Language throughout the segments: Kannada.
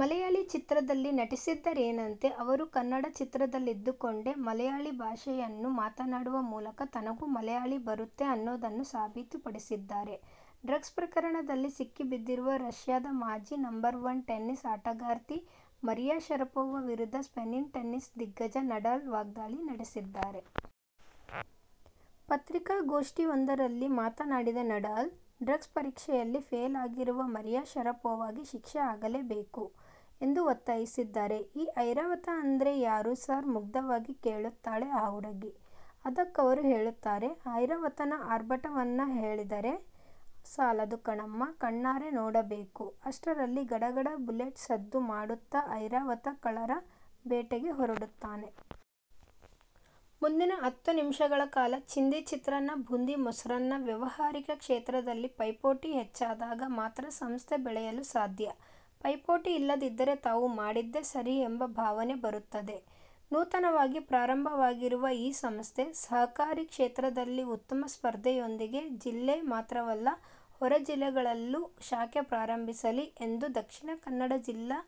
ಮಲಯಾಳಿ ಚಿತ್ರದಲ್ಲಿ ನಟಿಸದಿದ್ದರೇನಂತೆ, ಅವರು ಕನ್ನಡ ಚಿತ್ರದಲ್ಲಿದ್ದುಕೊಂಡೇ ಮಲಯಾಳಿ ಭಾಷೆಯನ್ನು ಮಾತಾಡುವ ಮೂಲಕ ತನಗೂ ಮಲಯಾಳಿ ಬರುತ್ತೆ ಅನ್ನೋದನ್ನು ಸಾಬೀತುಪಡಿಸಿದ್ದಾರೆ. ಡ್ರಗ್ಸ್ ಪ್ರಕರಣದಲ್ಲಿ ಸಿಕ್ಕಿಬಿದ್ದಿರುವ ರಶ್ಯದ ಮಾಜಿ ನಂಬರ್ ಒನ್ ಟೆನಿಸ್ ಆಟಗಾರ್ತಿ ಮರಿಯಾ ಶರಪೋವಾ ವಿರುದ್ಧ ಸ್ಪೇನಿನ ಟೆನಿಸ್ ದಿಗ್ಗಜ ನಡಾಲ್ ವಾಗ್ಧಾಳಿ ನಡೆಸಿದ್ದಾರೆ. ಪತ್ರಿಕಾಗೋಷ್ಠಿಯೊಂದರಲ್ಲಿ ಮಾತನಾಡಿದ ನಡಾಲ್, ಡ್ರಗ್ಸ್ ಪರೀಕ್ಷೆಯಲ್ಲಿ ಫೇಲ್ ಆಗಿರುವ ಮರಿಯಾ ಶರಪೋವಾಗೆ ಶಿಕ್ಷೆ ಆಗಲೇಬೇಕು ಎಂದು ಒತ್ತಾಯಿಸಿದ್ದಾರೆ. ಈ ಐರಾವತ ಅಂದ್ರೆ ಯಾರು ಸಾರ್ ಮುಗ್ಧವಾಗಿ ಕೇಳುತ್ತಾಳೆ ಆ ಹುಡುಗಿ. ಅದಕ್ಕವರು ಹೇಳುತ್ತಾರೆ. ಐರಾವತನ ಆರ್ಭಟವನ್ನ ಹೇಳಿದರೆ ಸಾಲದು ಕಣಮ್ಮ. ಕಣ್ಣಾರೆ ನೋಡಬೇಕು ಅಷ್ಟರಲ್ಲಿ ಗಡಗಡ ಬುಲೆಟ್ ಸದ್ದು ಮಾಡುತ್ತಾ ಐರಾವತ ಖಳರ ಬೇಟೆಗೆ ಹೊರಡುತ್ತಾನೆ. ಮುಂದಿನ ಹತ್ತು ನಿಮಿಷಗಳ ಕಾಲ ಚಿಂದಿ ಚಿತ್ರಾನ್ನ, ಬೂಂದಿ ಮೊಸರನ್ನ. ವ್ಯಾವಹಾರಿಕ ಕ್ಷೇತ್ರದಲ್ಲಿ ಪೈಪೋಟಿ ಹೆಚ್ಚಾದಾಗ ಮಾತ್ರ ಸಂಸ್ಥೆ ಬೆಳೆಯಲು ಸಾಧ್ಯ. ಪೈಪೋಟಿ ಇಲ್ಲದಿದ್ದರೆ ತಾವು ಮಾಡಿದ್ದೇ ಸರಿ ಎಂಬ ಭಾವನೆ ಬರುತ್ತದೆ. ನೂತನವಾಗಿ ಪ್ರಾರಂಭವಾಗಿರುವ ಈ ಸಂಸ್ಥೆ ಸಹಕಾರಿ ಕ್ಷೇತ್ರದಲ್ಲಿ ಉತ್ತಮ ಸ್ಪರ್ಧೆಯೊಂದಿಗೆ ಜಿಲ್ಲೆ ಮಾತ್ರವಲ್ಲ ಹೊರ ಜಿಲ್ಲೆಗಳಲ್ಲೂ ಶಾಖೆ ಪ್ರಾರಂಭಿಸಲಿ ಎಂದು ದಕ್ಷಿಣ ಕನ್ನಡ ಜಿಲ್ಲಾ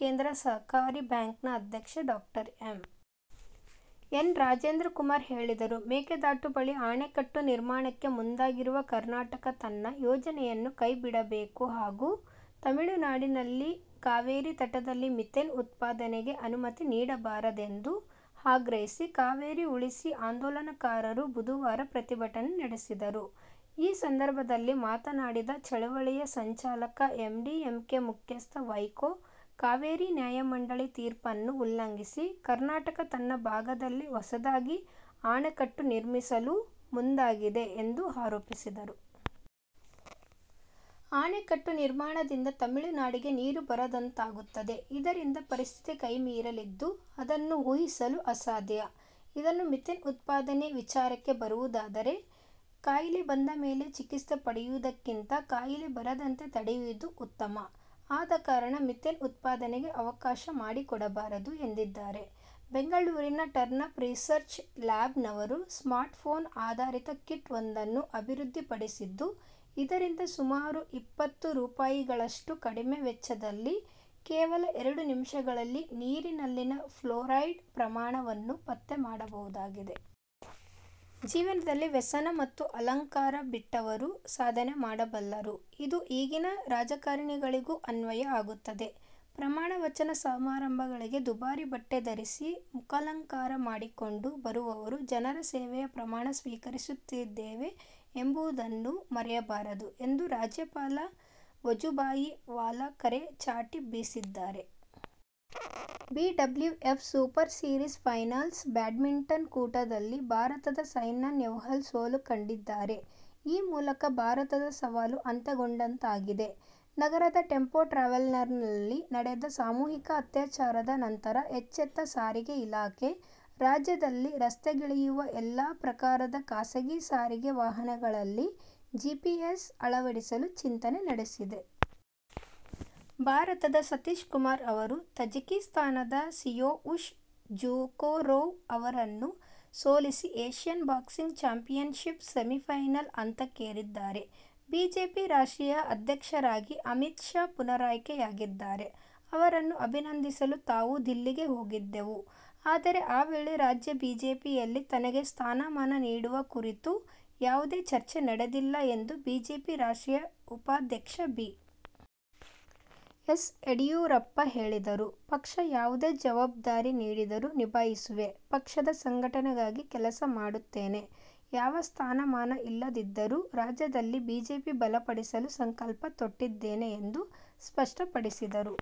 ಕೇಂದ್ರ ಸಹಕಾರಿ ಬ್ಯಾಂಕ್ನ ಅಧ್ಯಕ್ಷ ಡಾ ಎಂ. ಎನ್. ರಾಜೇಂದ್ರ ಕುಮಾರ್ ಹೇಳಿದರು. ಮೇಕೆದಾಟು ಬಳಿ ಅಣೆಕಟ್ಟು ನಿರ್ಮಾಣಕ್ಕೆ ಮುಂದಾಗಿರುವ ಕರ್ನಾಟಕ ತನ್ನ ಯೋಜನೆಯನ್ನು ಕೈ ಬಿಡಬೇಕು ಹಾಗೂ ತಮಿಳುನಾಡಿನಲ್ಲಿ ಕಾವೇರಿ ತಟದಲ್ಲಿ ಮಿಥೇನ್ ಉತ್ಪಾದನೆಗೆ ಅನುಮತಿ ನೀಡಬಾರದೆಂದು ಆಗ್ರಹಿಸಿ ಕಾವೇರಿ ಉಳಿಸಿ ಆಂದೋಲನಕಾರರು ಬುಧವಾರ ಪ್ರತಿಭಟನೆ ನಡೆಸಿದರು. ಈ ಸಂದರ್ಭದಲ್ಲಿ ಮಾತನಾಡಿದ ಚಳವಳಿಯ ಸಂಚಾಲಕ, ಎಂಡಿಎಂಕೆ ಮುಖ್ಯಸ್ಥ ವೈಕೋ, ಕಾವೇರಿ ನ್ಯಾಯಮಂಡಳಿ ತೀರ್ಪನ್ನು ಉಲ್ಲಂ ಸಿ ಕರ್ನಾಟಕ ತನ್ನ ಭಾಗದಲ್ಲಿ ಹೊಸದಾಗಿ ಅಣೆಕಟ್ಟು ನಿರ್ಮಿಸಲು ಮುಂದಾಗಿದೆ ಎಂದು ಆರೋಪಿಸಿದರು. ಅಣೆಕಟ್ಟು ನಿರ್ಮಾಣದಿಂದ ತಮಿಳುನಾಡಿಗೆ ನೀರು ಬರದಂತಾಗುತ್ತದೆ. ಇದರಿಂದ ಪರಿಸ್ಥಿತಿ ಕೈ ಮೀರಲಿದ್ದು, ಅದನ್ನು ಊಹಿಸಲು ಅಸಾಧ್ಯ. ಇದನ್ನು ಮಿಥೇನ್ ಉತ್ಪಾದನೆ ವಿಚಾರಕ್ಕೆ ಬರುವುದಾದರೆ, ಕಾಯಿಲೆ ಬಂದ ಮೇಲೆ ಚಿಕಿತ್ಸೆ ಪಡೆಯುವುದಕ್ಕಿಂತ ಕಾಯಿಲೆ ಬರದಂತೆ ತಡೆಯುವುದು ಉತ್ತಮ. ಆದಕಾರಣ ಮಿಥೇನ್ ಉತ್ಪಾದನೆಗೆ ಅವಕಾಶ ಮಾಡಿಕೊಡಬಾರದು ಎಂದಿದ್ದಾರೆ. ಬೆಂಗಳೂರಿನ ಟರ್ನಪ್ ರಿಸರ್ಚ್ ಲ್ಯಾಬ್ಸ್ ನವರು ಸ್ಮಾರ್ಟ್ ಫೋನ್ ಆಧರಿತ ಕಿಟ್ ವೊಂದನ್ನು ಅಭಿವೃದ್ಧಿಪಡಿಸಿದ್ದು, ಇದರಿಂದ ಸುಮಾರು ಇಪ್ಪತ್ತು ರೂಪಾಯಿಗಳಷ್ಟು ಕಡಿಮೆ ವೆಚ್ಚದಲ್ಲಿ, ಕೇವಲ ಎರಡು ನಿಮಿಷಗಳಲ್ಲಿ ನೀರಲ್ಲಿನ ಫ್ಲೊರೈಡ್ ಪ್ರಮಾಣವನ್ನು ಪತ್ತೆ ಮಾಡಬಹುದಾಗಿದೆ. ಜೀವನದಲ್ಲಿ ವ್ಯಸನ ಮತ್ತು ಅಲಂಕಾರ ಬಿಟ್ಟವರು ಸಾಧನೆ ಮಾಡಬಲ್ಲರು. ಇದು ಈಗಿನ ರಾಜಕಾರಣಿಗಳಿಗೂ ಅನ್ವಯ ಆಗುತ್ತದೆ. ಪ್ರಮಾಣ ವಚನ ಸಮಾರಂಭಗಳಿಗೆ ದುಬಾರಿ ಬಟ್ಟೆ ಧರಿಸಿ ಮುಖಾಲಂಕಾರ ಮಾಡಿಕೊಂಡು ಬರುವವರು ಜನರ ಸೇವೆಯ ಪ್ರಮಾಣ ಸ್ವೀಕರಿಸುತ್ತಿದ್ದೇವೆ ಎಂಬುದನ್ನು ಮರೆಯಬಾರದು ಎಂದು ರಾಜ್ಯಪಾಲ ವಜುಭಾಯಿ ವಾಲಾ ಕರೆ ಚಾಟಿ ಬೀಸಿದ್ದಾರೆ. BWF super series finals badminton ಕೂಟದಲ್ಲಿ ಭಾರತದ ಸೈನಾ ನೆಹ್ವಾಲ್ ಸೋಲು ಕಂಡಿದ್ದಾರೆ. ಈ ಮೂಲಕ ಭಾರತದ ಸವಾಲು ಅಂತ್ಯಗೊಂಡಂತಾಗಿದೆ. ನಗರದ ಟೆಂಪೋ ಟ್ರಾವೆಲರ್ ನಲ್ಲಿ ನಡೆದ ಸಾಮೂಹಿಕ ಅತ್ಯಾಚಾರದ ನಂತರ ಎಚ್ಚೆತ್ತ ಸಾರಿಗೆ ಇಲಾಖೆ, ರಾಜ್ಯದಲ್ಲಿ ರಸ್ತೆಗಿಳಿಯುವ ಎಲ್ಲ ಪ್ರಕಾರದ ಖಾಸಗಿ ಸಾರಿಗೆ ವಾಹನಗಳಲ್ಲಿ ಜಿಪಿಎಸ್ ಅಳವಡಿಸಲು ಚಿಂತನೆ ನಡೆಸಿದೆ. ಭಾರತದ ಸತೀಶ್ ಕುಮಾರ್ ಅವರು ತಜಿಕಿಸ್ಥಾನದ ಸಿಯೊವುಶ್ ಜುಖುರೋವ್ ಅವರನ್ನು ಸೋಲಿಸಿ ಏಶ್ಯನ್ ಬಾಕ್ಸಿಂಗ್ ಚಾಂಪಿಯನ್ಶಿಪ್ನ ಸೆಮಿಫೈನಲ್ ಹಂತಕ್ಕೇರಿದ್ದಾರೆ. ಬಿಜೆಪಿ ರಾಷ್ಟ್ರೀಯ ಅಧ್ಯಕ್ಷರಾಗಿ ಅಮಿತ್ ಶಾ ಪುನರಾಯ್ಕೆಯಾಗಿದ್ದಾರೆ. ಅವರನ್ನು ಅಭಿನಂದಿಸಲು ತಾವೂ ದಿಲ್ಲಿಗೆ ಹೋಗಿದ್ದೆವು. ಆದರೆ ಈ ವೇಳೆ ರಾಜ್ಯ ಬಿಜೆಪಿಯಲ್ಲಿ ತನಗೆ ಸ್ಥಾನ ಮಾನ ನೀಡುವ ಕುರಿತು ಯಾವುದೇ ಚರ್ಚೆ ನಡೆದಿಲ್ಲ ಎಂದು ಬಿಜೆಪಿ ರಾಷ್ಟ್ರೀಯ ಉಪಾಧ್ಯಕ್ಷ ಬಿ. ಎಸ್. ಯಡಿಯೂರಪ್ಪ ಹೇಳಿದರು. ಪಕ್ಷ ಯಾವುದೇ ಜವಾಬ್ದಾರಿ ನೀಡಿದರೂ ನಿಭಾಯಿಸುವೆ. ಪಕ್ಷದ ಸಂಘಟನೆಗಾಗಿ ಕೆಲಸ ಮಾಡುತ್ತೇನೆ. ಯಾವ ಸ್ಥಾನಮಾನ ಇಲ್ಲದಿದ್ದರೂ ರಾಜ್ಯದಲ್ಲಿ ಬಿಜೆಪಿ ಬಲಪಡಿಸಲು ಸಂಕಲ್ಪ ತೊಟ್ಟಿದ್ದೇನೆ ಎಂದು ಸ್ಪಷ್ಟಪಡಿಸಿದರು.